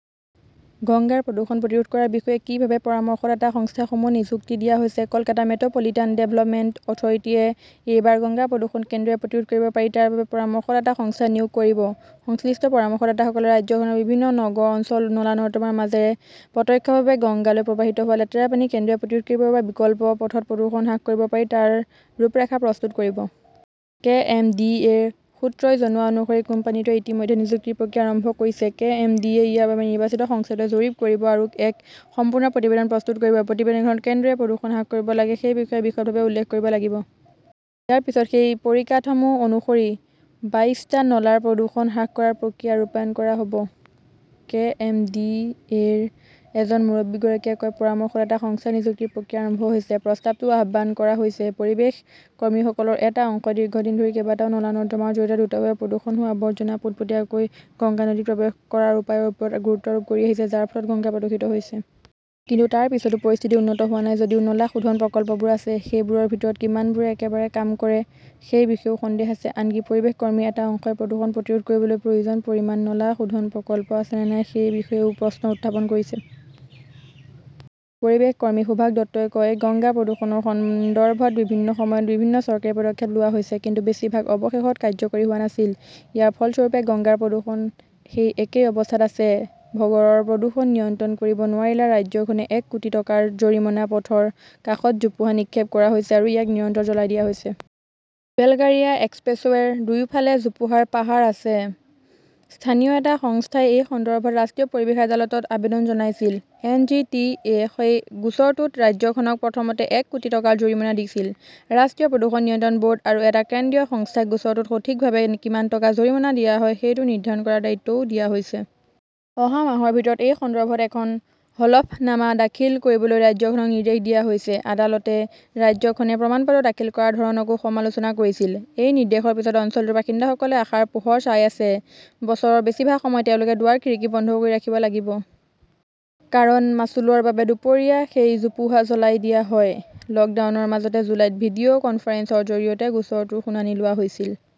গংগাৰ প্ৰদূষণ প্ৰতিৰোধ কৰাৰ বিষয়ে কি ভাবে, পৰামৰ্শদাতা সংস্থাসমূহ নিযুক্তি দিয়া হৈছে Kolkata 'metropolitan development authority য়ে এইবাৰ গংগা প্ৰদূষণ কেনেদৰে প্ৰতিৰোধ কৰিব পাৰি তাৰ বাবে পৰামৰ্শদাতা সংস্থা নিয়োগ কৰিব। সংশ্লিষ্ট পৰামৰ্শদাতাসকলে ৰাজ্যখনৰ বিভিন্ন নগৰ অঞ্চলৰ নলা-নৰ্দমাৰ মাজেৰে প্ৰত্যক্ষভাৱে গংগালৈ প্ৰবাহিত হোৱা লেতেৰা পানী কেনেদৰে প্ৰতিৰোধ কৰিব বা বিকল্প পথত প্ৰদূষণ হ্ৰাস কৰিব পাৰি তাৰ ৰূপৰেখা প্ৰস্তুত কৰিব। কে. এম. ডি. এ. -ৰ সূত্ৰই জনোৱা অনুসৰি কোম্পানীটোৱে ইতিমধ্যে নিযুক্তিৰ প্ৰক্ৰিয়া আৰম্ভ কৰিছে। কে. এম. ডি. এ. ইয়াৰ বাবে নিৰ্বাচিত সংস্থাটোৱে জৰীপ কৰিব আৰু এক সম্পূৰ্ণ প্ৰতিবেদন প্ৰস্তুত কৰিব। প্ৰতিবেদনখনত কেনেদৰে প্ৰদূষণ হ্ৰাস কৰিব লাগে সেই বিষয়ে বিশদভাৱে উল্লেখ কৰিব লাগিব। ইয়াৰ পিছত সেই পৰিকাঠামো অনুসৰি বাইশটা নলাৰ প্ৰদূষণ হ্ৰাস কৰাৰ প্ৰক্ৰিয়া ৰূপায়ণ কৰা হ'ব। কে. এম. ডি. এ. -ৰ এজন মুৰব্বীগৰাকীয়ে কয়, পৰামৰ্শদাতা সংস্থা নিযুক্তিৰ প্ৰক্ৰিয়া আৰম্ভ হৈছে। প্ৰস্তাৱটোও আহ্বান কৰা হৈছে। পৰিৱেশ কৰ্মীসকলৰ এটা অংশই দীৰ্ঘদিন ধৰি কেইবাটাও নলা-নৰ্দমাৰ জৰিয়তে দ্ৰুতভাৱে প্ৰদূষিত হোৱা আৱৰ্জনা পোনপটীয়াকৈ গংগা নদীত প্ৰৱেশ কৰাৰ উপায়ৰ ওপৰত গুৰুত্ব আৰোপ কৰি আহিছে, যাৰ ফলত গংগা প্ৰদূষিত হৈছে। কিন্তু তাৰ পিছতো পৰিস্থিতি উন্নত হোৱা নাই। যদিও নলা শোধন প্ৰকল্পবোৰ আছে, সেইবোৰৰ ভিতৰত কিমানবোৰে একেবাৰে কাম কৰে সেই বিষয়েও সন্দেহ আছে। আনকি পৰিৱেশ কৰ্মীৰ এটা অংশই প্ৰদূষণ প্ৰতিৰোধ কৰিবলৈ প্ৰয়োজনীয় পৰিমাণৰ নলা শোধন প্ৰকল্প আছে নে নাই সেই বিষয়েও প্ৰশ্ন উত্থাপন কৰিছে। পৰিৱেশ কৰ্মী সুভাষ দত্তই কয়, গংগা প্ৰদূষণৰ সন্দৰ্ভত বিভিন্ন সময়ত বিভিন্ন চৰকাৰী পদক্ষেপ লোৱা হৈছে। কিন্তু বেছিভাগ অৱশেষত কাৰ্যকৰী হোৱা নাছিল। ইয়াৰ ফলস্বৰূপে, গংগাৰ প্ৰদূষণ সেই একেই অৱস্থাত আছে। ভগড়ৰ প্ৰদূষণ নিয়ন্ত্ৰণ কৰিব নোৱাৰিলে, ৰাজ্যখনে এক কোটি টকাৰ জৰিমনা পথৰ কাষত জোপোহা নিক্ষেপ কৰা হৈছে আৰু ইয়াক নিৰন্তৰ জ্বলাই দিয়া হৈছে। বেলগাৰিয়া এক্সপ্ৰেছৱে 'ৰ দুয়োফালে জোপোহাৰ পাহাৰ আছে। স্থানীয় এটা সংস্থাই এই সন্দৰ্ভত ৰাষ্ট্ৰীয় পৰিৱেশ আদালতত আবেদন জনাইছিল। এন. জি. টি. -য়ে সেই গোচৰটোত ৰাজ্যখনক প্ৰথমতে এক কোটি টকাৰ জৰিমনা দিছিল। ৰাষ্ট্ৰীয় প্ৰদূষণ নিয়ন্ত্ৰণ বৰ্ড আৰু এটা কেন্দ্ৰীয় সংস্থাক গোচৰটোত সঠিকভাৱে কিমান টকা জৰিমনা দিয়া হব সেইটো নিৰ্ধাৰণ কৰাৰ দায়িত্বও দিয়া হৈছে। অহা মাহৰ ভিতৰত এই সন্দৰ্ভত এখন হলফনামা দাখিল কৰিবলৈ ৰাজ্যখনক নিৰ্দেশ দিয়া হৈছে। আদালতে ৰাজ্যখনে প্ৰমাণপত্ৰ দাখিল কৰাৰ ধৰণকো সমালোচনা কৰিছিল। এই নিৰ্দেশৰ পিছত অঞ্চলটোৰ বাসিন্দাসকলে আশাৰ পোহৰ চাই আছে। বছৰৰ বেছিভাগ সময় তেওঁলোকে দুৱাৰ-খিৰিকী বন্ধ কৰি ৰাখিব লাগিব। কাৰণ, মাচুলৰ বাবে দুপৰীয়া সেই জোপোহা জ্বলাই দিয়া হয়। লকডাউনৰ মাজতে জুলাইত ভিডিঅ 'কনফাৰেন্সৰ জৰিয়তে গোচৰটোৰ শুনানি লোৱা হৈছিল।